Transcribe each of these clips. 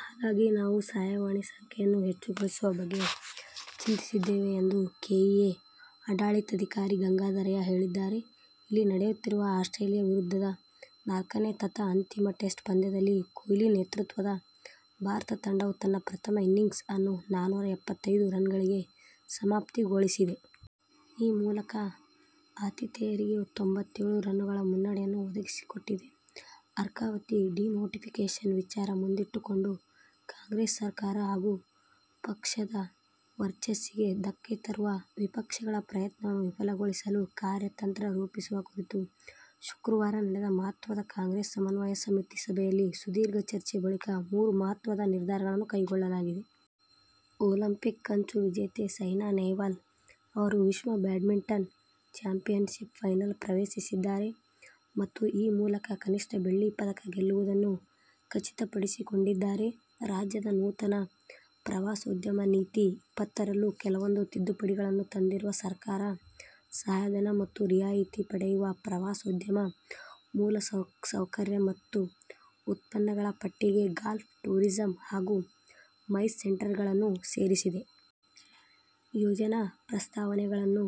ಹಾಗಾಗಿ ನಾವು ಸಹಾಯವಾಣಿ ಸಂಖ್ಯೆಯನ್ನು ಹೆಚ್ಚುಗೊಳಿಸುವ ಬಗ್ಗೆ ಚಿಂತಿಸಿದ್ದೇವೆ ಎಂದು ಕೆಇಎ ಆಡಳಿತಾಧಿಕಾರಿ ಗಂಗಾಧರಯ್ಯ ಹೇಳಿದ್ದಾರೆ. ಇಲ್ಲಿ ನಡೆಯುತ್ತಿರುವ ಆಸ್ಟ್ರೇಲಿಯಾ ವಿರುದ್ಧದ ನಾಲ್ಕನೇ ತಥಾ ಅಂತಿಮ ಟೆಸ್ಟ್ ಪಂದ್ಯದಲ್ಲಿ ಕೊಹ್ಲಿ ನೇತೃತ್ವದ ಭಾರತ ತಂಡವು ತನ್ನ ಪ್ರಥಮ ಇನ್ನಿಂಗ್ಸ್ ಅನ್ನು ನಾನೂರ ಎಪ್ಪತ್ತೈದು ರನ್ನುಗಳಿಗೆ ಸಮಾಪ್ತಿಗೊಳಿಸಿದೆ. ಈ ಮೂಲಕ ಆತಿಥೇಯರಿಗೆ ತೊಂಬತ್ತೇಳು ರನ್ನುಗಳ ಮುನ್ನಡೆಯನ್ನು ಒದಗಿಸಿಕೊಟ್ಟಿದೆ. ಅರ್ಕಾವತಿ ಡಿನೋಟಿಫಿಕೇಷನ್ ವಿಚಾರ ಮುಂದಿಟ್ಟು ಕೊಂಡು ಕಾಂಗ್ರೆಸ್ ಸರಕಾರ ಹಾಗೂ ಪಕ್ಷದ ವರ್ಚಸ್ಸಿಗೆ ಧಕ್ಕೆ ತರುವ ವಿಪಕ್ಷಗಳ ಪ್ರಯತ್ನವನ್ನು ವಿಫಲಗೊಳಿಸಲು ಕಾರ್ಯ ತಂತ್ರ ರೂಪಿಸುವ ಕುರಿತು ಶುಕ್ರವಾರ ನಡೆದ ಮಹತ್ವದ ಕಾಂಗ್ರೆಸ್ ಸಮನ್ವಯ ಸಮಿತಿ ಸಭೆಯಲ್ಲಿ ಸುದೀರ್ಘ ಚರ್ಚೆ ಬಳಿಕ ಮೂರು ಮಹತ್ವದ ನಿರ್ಧಾರಗಳನ್ನು ಕೈಗೊಳ್ಳಲಾಗಿದೆ. ಒಲಿಂಪಿಕ್ ಕಂಚು ವಿಜೇತೆ ಸೈನಾ ನೆಹ್ವಾಲ್ ಅವರು ವಿಶ್ವ ಬ್ಯಾಡ್ಮಿಂಟನ್ ಚಾಂಪಿಯನ್ಶಿಪ್ನ ಫೈನಲ್ ಪ್ರವೇಶಿಸಿದ್ದಾರೆ ಮತ್ತು ಈ ಮೂಲಕ ಕನಿಷ್ಠ ಬೆಳ್ಳಿ ಪದಕ ಗೆಲ್ಲುವುದನ್ನು ಖಚಿತಪಡಿಸಿಕೊಂಡಿದ್ದಾರೆ. ರಾಜ್ಯದ ನೂತನ "ಪ್ರವಾಸೋದ್ಯಮ ನೀತಿ -ಇಪ್ಪತ್ತುರಲ್ಲಿ ಕೆಲವೊಂದು ತಿದ್ದುಪಡಿಗಳನ್ನು ತಂದಿರುವ ಸರ್ಕಾರ ಸಹಾಯಧನ ಮತ್ತು ರಿಯಾಯಿತಿ ಪಡೆಯುವ ಪ್ರವಾಸೋದ್ಯಮ ಮೂಲ ಸೌಕರ್ಯ ಮತ್ತು ಉತ್ಪನ್ನಗಳಪಟ್ಟಿಗೆ "ಗಾಲ್ಫ್ ಟೂರಿಸಂ' ಹಾಗೂ "ಮೈಸ್ ಸೆಂಟರ್'ಗಳನ್ನು ಸೇರಿಸಿದೆ. ಯೋಜನಾ ಪ್ರಸ್ತಾವನೆಗಳನ್ನು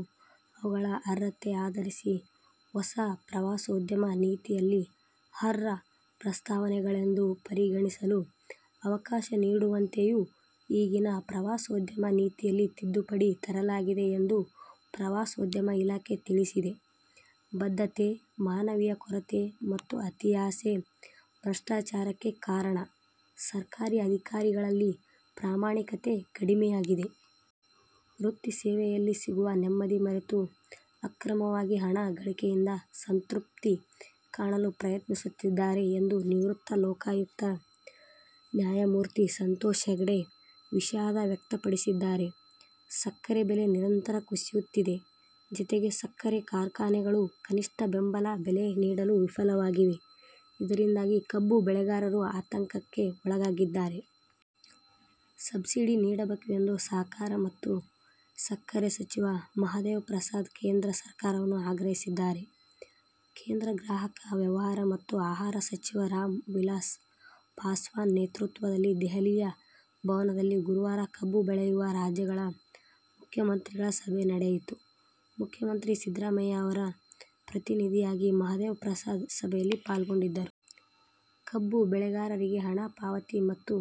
ಅವುಗಳ ಅರ್ಹತೆ ಆಧರಿಸಿ ಹೊಸ ಪ್ರವಾಸೋದ್ಯಮ ನೀತಿಯಲ್ಲಿ ಅರ್ಹ ಪ್ರಸ್ತಾವನೆಗಳೆಂದು ಪರಿಗಣಿಸಲು ಅವಕಾಶ ನೀಡುವಂತೆಯೂ ಈಗಿನ ಪ್ರವಾಸೋದ್ಯಮ ನೀತಿಯಲ್ಲಿ ತಿದ್ದುಪಡಿ ತರಲಾಗಿದೆ ಎಂದು ಪ್ರವಾಸೋದ್ಯಮ ಇಲಾಖೆ ತಿಳಿಸಿದೆ. ಬದ್ಧತೆ, ಮಾನವೀಯ ಕೊರತೆ ಮತ್ತು ಅತಿಯಾಸೆ ಭ್ರಷ್ಟಾಚಾರಕ್ಕೆ ಕಾರಣ. ಸರ್ಕಾರಿ ಅಧಿಕಾರಿಗಳಲ್ಲಿ ಪ್ರಾಮಾಣಿಕತೆ ಕಡಿಮೆಯಾಗಿದೆ. ವೃತ್ತಿ ಸೇವೆಯಲ್ಲಿ ಸಿಗುವ ನೆಮ್ಮದಿ ಮರೆತು ಅಕ್ರಮವಾಗಿ ಹಣ ಗಳಿಕೆಯಿಂದ ಸಂತೃಪ್ತಿ ಕಾಣಲು ಪ್ರಯತ್ನಿಸುತ್ತಿದ್ದಾರೆ ಎಂದು ನಿವೃತ್ತ ಲೋಕಾಯುಕ್ತ ನ್ಯಾ. ಸಂತೋಷ್ ಹೆಗಡೆ ವಿಷಾದ ವ್ಯಕ್ತಪಡಿಸಿದ್ದಾರೆ. ಸಕ್ಕರೆ ಬೆಲೆ ನಿರಂತರ ಕುಸಿಯುತ್ತಿದೆ. ಜತೆಗೆ, ಸಕ್ಕರೆ ಕಾರ್ಖಾನೆಗಳು ಕನಿಷ್ಠ ಬೆಂಬಲ ಬೆಲೆ ನೀಡಲು ವಿಫಲವಾಗಿವೆ. ಇದರಿಂದಾಗಿ ಕಬ್ಬು ಬೆಳೆಗಾರರು ಆತಂಕಕ್ಕೆ ಒಳಗಾಗಿದ್ದಾರೆ. ಸಬ್ಸಿಡಿ ನೀಡಬೇಕು ಎಂದು ಸಹಕಾರ ಮತ್ತು ಸಕ್ಕರೆ ಸಚಿವ ಮಹಾದೇವ ಪ್ರಸಾದ್ ಕೇಂದ್ರ ಸರ್ಕಾರವನ್ನು ಆಗ್ರಹಿಸಿದ್ದಾರೆ. ಕೇಂದ್ರ ಗ್ರಾಹಕ ವ್ಯವಹಾರ ಮತ್ತು ಆಹಾರ ಸಚಿವ ರಾಮ್ ವಿಲಾಸ್ ಪಾಸ್ವಾನ್ ನೇತೃತ್ವದಲ್ಲಿ ದೆಹಲಿಯ ಭವನದಲ್ಲಿ ಗುರುವಾರ ಕಬ್ಬು ಬೆಳೆಯುವ ರಾಜ್ಯಗಳ ಮುಖ್ಯಮಂತ್ರಿಗಳ ಸಭೆ ನಡೆಯಿತು. ಮುಖ್ಯಮಂತ್ರಿ ಸಿದ್ದರಾಮಯ್ಯ ಅವರ ಪ್ರತಿನಿಧಿಯಾಗಿ ಮಹದೇವ ಪ್ರಸಾದ್ ಸಭೆಯಲ್ಲಿ ಪಾಲ್ಗೊಂಡಿದ್ದರು. ಕಬ್ಬು ಬೆಳೆಗಾರರಿಗೆ ಹಣ ಪಾವತಿ ಮತ್ತು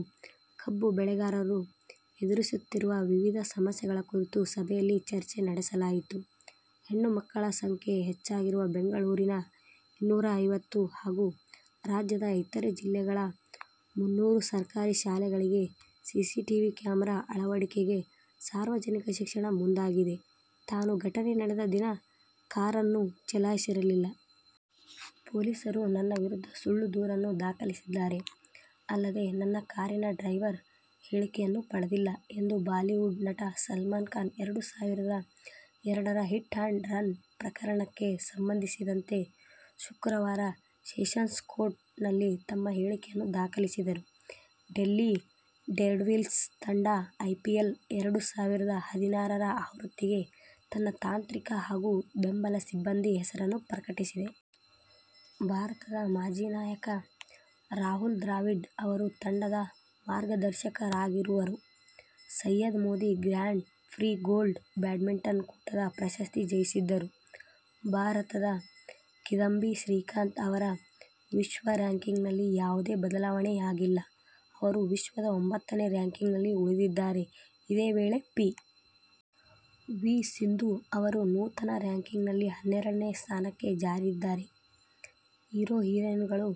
ಕಬ್ಬು ಬೆಳೆಗಾರರು ಎದುರಿಸುತ್ತಿರುವ ವಿವಿಧ ಸಮಸ್ಯೆಗಳ ಕುರಿತು ಸಭೆಯಲ್ಲಿ ಚರ್ಚೆ ನಡೆಸಲಾಯಿತು. ಹೆಣ್ಣುಮಕ್ಕಳ ಸಂಖ್ಯೆ ಹೆಚ್ಚಾಗಿರುವ ಬೆಂಗಳೂರಿನ ಇನ್ನೂರೈವತ್ತು ಹಾಗೂ ರಾಜ್ಯದ ಇತರೆ ಜಿಲ್ಲೆಗಳ ಮುನ್ನೂರು ಸರ್ಕಾರಿ ಶಾಲೆಗಳಿಗೆ ಸಿಸಿಟಿವಿ ಕ್ಯಾಮರಾ ಅಳವಡಿಕೆಗೆ ಸಾರ್ವಜನಿಕ ಶಿಕ್ಷಣ ಮುಂದಾಗಿದೆ. ತಾನು ಘಟನೆ ನಡೆದ ದಿನ ಕಾರನ್ನು ಚಲಾಯಿಸಿರಲಿಲ್ಲ. ಪೊಲೀಸರು ನನ್ನ ವಿರುದ್ಧ ಸುಳ್ಳು ದೂರನ್ನು ದಾಖಲಿಸಿದ್ದಾರೆ. ಅಲ್ಲದೇ ನನ್ನ ಕಾರಿನ ಡ್ರೈವರ್ ಹೇಳಿಕೆಯನ್ನೂ ಪಡೆದಿಲ್ಲ ಎಂದು ಬಾಲಿವುಡ್ ನಟ ಸಲ್ಮಾನ್ ಖಾನ್ ಎರಡು ಸಾವಿರದ ಎರಡರ ಹಿಟ್ ಅಂಡ್ ರನ್ ಪ್ರಕರಣಕ್ಕೆ ಸಂಬಂಧಿಸಿದಂತೆ ಶುಕ್ರವಾರ ಸೆಷನ್ಸ್ ಕೋರ್ಟ್ ನಲ್ಲಿ ತಮ್ಮ ಹೇಳಿಕೆಯನ್ನು ದಾಖಲಿಸಿದರು. ಡೆಲ್ಲಿ ಡೇರ್ಡೆವಿಲ್ಸ್ ತಂಡ ಐಪಿಎಲ್ ಎರಡು ಸಾವಿರದ ಹದಿನಾರರ ಆವೃತ್ತಿಗೆ ತನ್ನ ತಾಂತ್ರಿಕ ಹಾಗೂ ಬೆಂಬಲ ಸಿಬಂದಿ ಹೆಸರನ್ನು ಪ್ರಕಟಿಸಿದೆ. ಭಾರತದ ಮಾಜಿ ನಾಯಕ ರಾಹುಲ್ ದ್ರಾವಿಡ್ ಅವರು ತಂಡದ ಮಾರ್ಗದರ್ಶಕರಾಗಿರುವರು. Syed Modi Grand Prix Gold badminton ಕೂಟದ ಪ್ರಶಸ್ತಿ ಜಯಿಸಿದ್ದರೂ ಭಾರತದ ಕಿದಂಬಿ ಶ್ರೀಕಾಂತ್ ಅವರ ವಿಶ್ವ ರ‍್ಯಾಂಕಿಂಗ್ ನಲ್ಲಿ ಯಾವುದೇ ಬದಲಾವಣೆಯಾಗಿಲ್ಲ. ಅವರು ವಿಶ್ವದ ಒಂಬತ್ತನೇ ರ‍್ಯಾಂಕಿಂಗ್ ನಲ್ಲಿ ಉಳಿದಿದ್ದಾರೆ. ಇದೇ ವೇಳೆ ಪಿ. ವಿ. ಸಿಂಧು ಅವರು ನೂತನ ರ‍್ಯಾಂಕಿಂಗ್ ನಲ್ಲಿ ಹನ್ನೆರಡನೇ ಸ್ಥಾನಕ್ಕೆ ಜಾರಿದ್ದಾರೆ. ಹೀರೊ-ಹೀರೊಯಿನ್'ಗಳು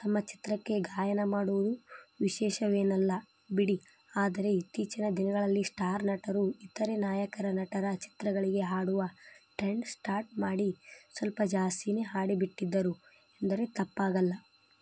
ತಮ್ಮ ಚಿತ್ರಕ್ಕೆ ಗಾಯನ ಮಾಡುವುದು ವಿಶೇಷವೇನಲ್ಲ ಬಿಡಿ ಆದರೆ ಇತ್ತೀಚಿನ ದಿನಗಳಲ್ಲಿ ಸ್ಟಾರ್ ನಟರು ಇತರೆ ನಾಯಕ ನಟರ ಚಿತ್ರಗಳಿಗೆ ಹಾಡುವ ಟ್ರೆಂಡ್ ಸ್ಟಾರ್ಟ್ ಮಾಡಿ ಸ್ವಲ್ಪ ಜಾಸ್ತಿನೇ ಹಾಡಿಬಿಟ್ಟಿದ್ದರು ಎಂದರೆ ತಪ್ಪಾಗಲ್ಲ.